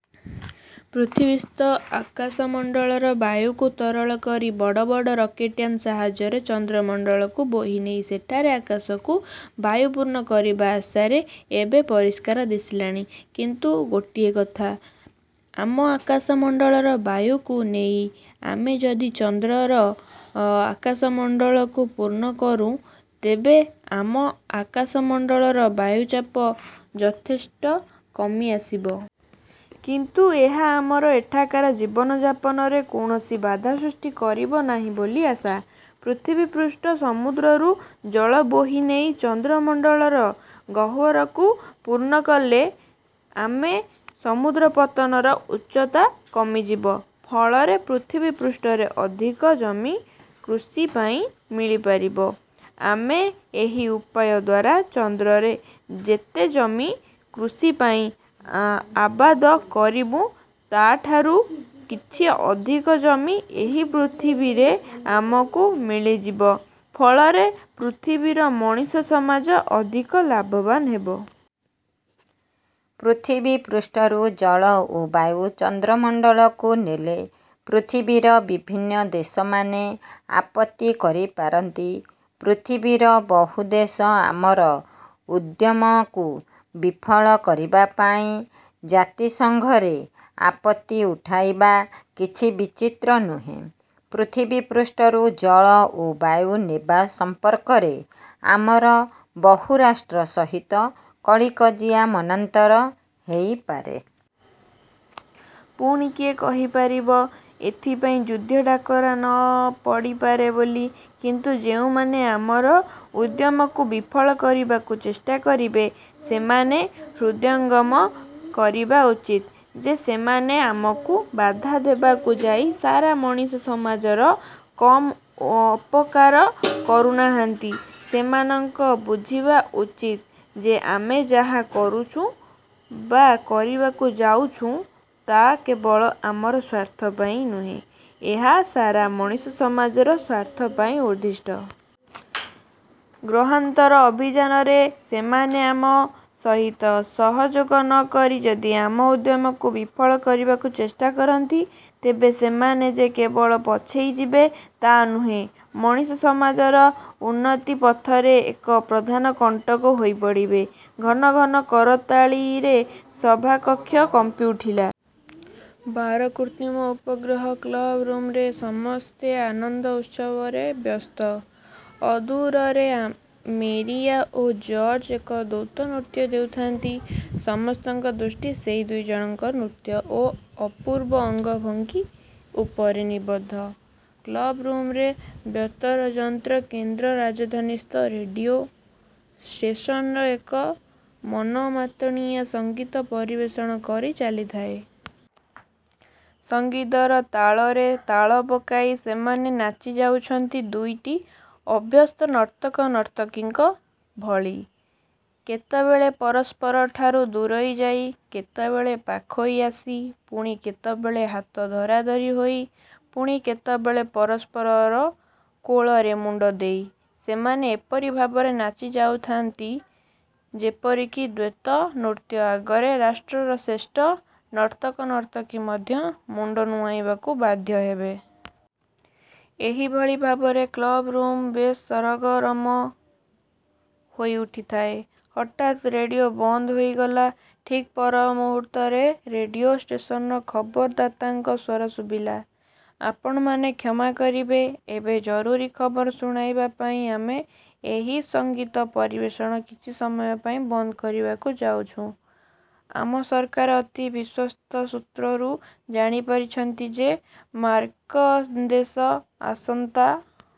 ପୃଥିବୀସ୍ଥ ଆକାଶମଣ୍ଡଳର ବାୟୁକୁ ତରଳ କରି ବଡ଼ ବଡ଼ ରକେଟ୍ଯାନ ସାହାଯ୍ୟରେ ଚନ୍ଦ୍ରମଣ୍ଡଳକୁ ବୋହିନେଇ ସେଠାରେ ଆକାଶକୁ ବାୟୁପୂର୍ଣ୍ଣ କରିବା ଆଶା ଏବେ ପରିଷ୍କାର ଦିଶିଲାଣି। କିନ୍ତୁ ଗୋଟିଏ କଥା, ଆମ ଆକାଶମଣ୍ଡଳର ବାୟୁକୁ ନେଇ ଆମେ ଯଦି ଚନ୍ଦ୍ରର ଆକାଶମଣ୍ଡଳକୁ ପୂର୍ଣ୍ଣ କରୁଁ, ତେବେ ଆମ ଆକାଶମଣ୍ଡଳର ବାୟୁଚାପ ଯଥେଷ୍ଟ କମି ଆସିବ। କିନ୍ତୁ ଏହା ଆମର ଏଠାକାର ଜୀବନ ଯାପନରେ କୌଣସି ବାଧା ସୃଷ୍ଟି କରିବ ନାହିଁ ବୋଲି ଆଶା। ପୃଥିବୀପୃଷ୍ଠସ୍ଥ ସମୁଦ୍ରରୁ ଜଳ ବୋହିନେଇ ଚନ୍ଦ୍ରମଣ୍ଡଳର ଗହ୍ୱରକୁ ପୂର୍ଣ୍ଣ କଲେ ଆମ ସମୁଦ୍ରପତ୍ତନର ଉଚ୍ଚତା କମିଯିବ; ଫଳରେ ପୃଥିବୀପୃଷ୍ଠରେ ଅଧିକ ଜମି କୃଷିପାଇଁ ମିଳିପାରିବ। ଆମେ ଏହି ଉପାୟ ଦ୍ୱାରା ଚନ୍ଦ୍ରରେ ଯେତେ ଜମି କୃଷି ପାଇଁ ଆବାଦ କରିବୁଁ, ତା'ଠାରୁ କିଛି ଅଧିକ ଜମି ଏହି ପୃଥିବୀରେ ଆମକୁ ମିଳିଯିବ; ଫଳରେ ପୃଥିବୀର ମଣିଷସମାଜ ଅଧିକ ଲାଭବାନ୍ ହେବ-। ''ପୃଥିବୀପୃଷ୍ଠରୁ ଜଳ ଓ ବାୟୁ ଚନ୍ଦ୍ରମଣ୍ଡଳକୁ ନେଲେ, ପୃଥିବୀର ବିଭିନ୍ନ ଦେଶମାନେ ଆପତ୍ତି କରି ପାରନ୍ତି। ପୃଥିବୀର ବହୁ ଦେଶ ଆମର ଉଦ୍ୟମକୁ ବିଫଳ କରିବା ପାଇଁ ଜାତିସଂଘରେ ଆପତ୍ତି ଉଠାଇବା କିଛି ବିଚିତ୍ର ନୁହେଁ। ପୃଥିବୀପୃଷ୍ଠରୁ ଜଳ ଓ ବାୟୁ ନେବା ସମ୍ପର୍କରେ ଆମର ବହୁ ରାଷ୍ଟ୍ର ସହିତ କଳିକଜିଆ, ମନାନ୍ତର ହୋଇପାରେ। ପୁଣି କିଏ କହିପାରିବ, ଏଥିପାଇଁ ଯୁଦ୍ଧ ଡାକରା ନ ପଡ଼ିପାରେ ବୋଲି। କିନ୍ତୁ ଯେଉଁମାନେ ଆମର ଉଦ୍ୟମକୁ ବିଫଳ କରିବାକୁ ଚେଷ୍ଟା କରିବେ,। ସେମାନେ ହୃଦୟଙ୍ଗମ କରିବା ଉଚିତ ଯେ, ସେମାନେ ଆମକୁ ବାଧା ଦେବାକୁ ଯାଇ ସାରା ମଣିଷସମାଜର କମ୍ ଅପକାର କରୁନାହାନ୍ତି। ସେମାନଙ୍କର ବୁଝିବା ଉଚିତ ଯେ ଆମେ ଯାହା କରୁଛୁଁ ବା କରିବାକୁ ଯାଉଛୁଁ ତାହା କେବଳ ଆମର ସ୍ୱାର୍ଥପାଇଁ ନୁହେଁ; ଏହା ସାରା ମଣିଷସମାଜର ସ୍ୱାର୍ଥପାଇଁ ଉଦ୍ଦିଷ୍ଟ। ଗ୍ରହାନ୍ତର ଅଭିଯାନରେ ସେମାନେ ଆମ ସହିତ ସହଯୋଗ ନ କରି ଯଦି ଆମ ଉଦ୍ୟମକୁ ବିଫଳ କରିବାକୁ ଚେଷ୍ଟା କରନ୍ତି, ତେବେ ସେମାନେ ଯେ କେବଳ ପଛେଇଯିବେ ତା ନୁହେଁ, ମଣିଷସମାଜର ଉନ୍ନତି ପଥରେ ଏକ ପ୍ରଧାନ କଣ୍ଟକ ହୋଇପଡ଼ିବେ। '' ଘନ ଘନ କରତାଳିରେ ସଭାକକ୍ଷ କମ୍ପି ଉଠିଲା। ବାର କୃତ୍ରିମ ଉପଗ୍ରହ କ୍ଳବ ରୁମ୍ରେ ସମସ୍ତେ ଆନନ୍ଦ ଉତ୍ସବରେ ବ୍ୟସ୍ତ। ଅଦୂରରେ ମେରିଆ ଓ ଜର୍ଜି ଏକ ଦ୍ୱୈତ ନୃତ୍ୟ ଦେଉଥାନ୍ତି। ସମସ୍ତଙ୍କ ଦୃଷ୍ଟି ସେଇ ଦୁଇଜଣଙ୍କର ନୃତ୍ୟ ଓ ଅପୂର୍ବ ଅଙ୍ଗଭଙ୍ଗୀ ଉପରେ ନିବଦ୍ଧ। କ୍ଳବ ରୁମ୍ରେ ବେତାରଯନ୍ତ୍ର କେନ୍ଦ୍ର ରାଜଧାନୀସ୍ଥ ରେଡ଼ିଓ ଷ୍ଟେସନର ଏକ ମନମତାଣିଆ ସଙ୍ଗୀତ ପରିବେଷଣ କରି ଚାଲିଥାଏ। ସଙ୍ଗୀତର ତାଳରେ ତାଳ ପକାଇ ସେମାନେ ନାଚିଯାଉଛନ୍ତି ଦୁଇଟି ଅଭ୍ୟସ୍ତ ନର୍ତ୍ତକନର୍ତ୍ତକୀଙ୍କ ଭଳି। କେତେବେଳେ ପରସ୍ପରଠାରୁ ଦୂରେଇ ଯାଇ, କେତେବେଳେ ପାଖେଇ ଆସି, ପୁଣି କେତେବେଳେ ହାତ ଧରାଧରି ହୋଇ, ପୁଣି କେତେବେଳେ ପରସ୍ପରର କୋଳରେ ମୁଣ୍ଡ ଦେଇ ସେମାନେ ଏପରି ଭାବରେ ନାଚିଯାଉଥାନ୍ତି, ଯେପରିକି ଦ୍ୱୈତ ନୃତ୍ୟ ଆଗରେ ରାଷ୍ଟ୍ରର ଶ୍ରେଷ୍ଠ ନର୍ତ୍ତକ-ନର୍ତ୍ତକୀ ମଧ୍ୟ ମୁଣ୍ଡ ନୁଆଇଁବାକୁ ବାଧ୍ୟହେବେ। ଏହିଭଳି ଭାବରେ କ୍ଳବ ରୁମ୍ ବେଶ୍ ସରଗରମ ହୋଇ ଉଠିଥାଏ। ହଠାତ୍ ରେଡ଼ିଓ ବନ୍ଦ ହୋଇଗଲା। ଠିକ୍ ପରମୁହୂର୍ତ୍ତରେ ରେଡ଼ିଓ ଷ୍ଟେସନର ଖବରଦାତାଙ୍କ ସ୍ୱର ଶୁଭିଲା- ''ଆପଣମାନେ କ୍ଷମା କରିବେ, ଏବେ ଜରୁରୀ ଖବର ଶୁଣାଇବା ପାଇଁ ଆମେ ଏହି ସଙ୍ଗୀତ ପରିବେଷଣ କିଛି ସମୟ ପାଇଁ ବନ୍ଦ କରିବାକୁ ଯାଉଛୁଁ। ଆମ ସରକାର ଅତି ବିଶ୍ୱସ୍ତସୂତ୍ରରୁ ଜାଣିପାରିଛନ୍ତି ଯେ ମାର୍କିନ୍ଦେଶ ଆସନ୍ତା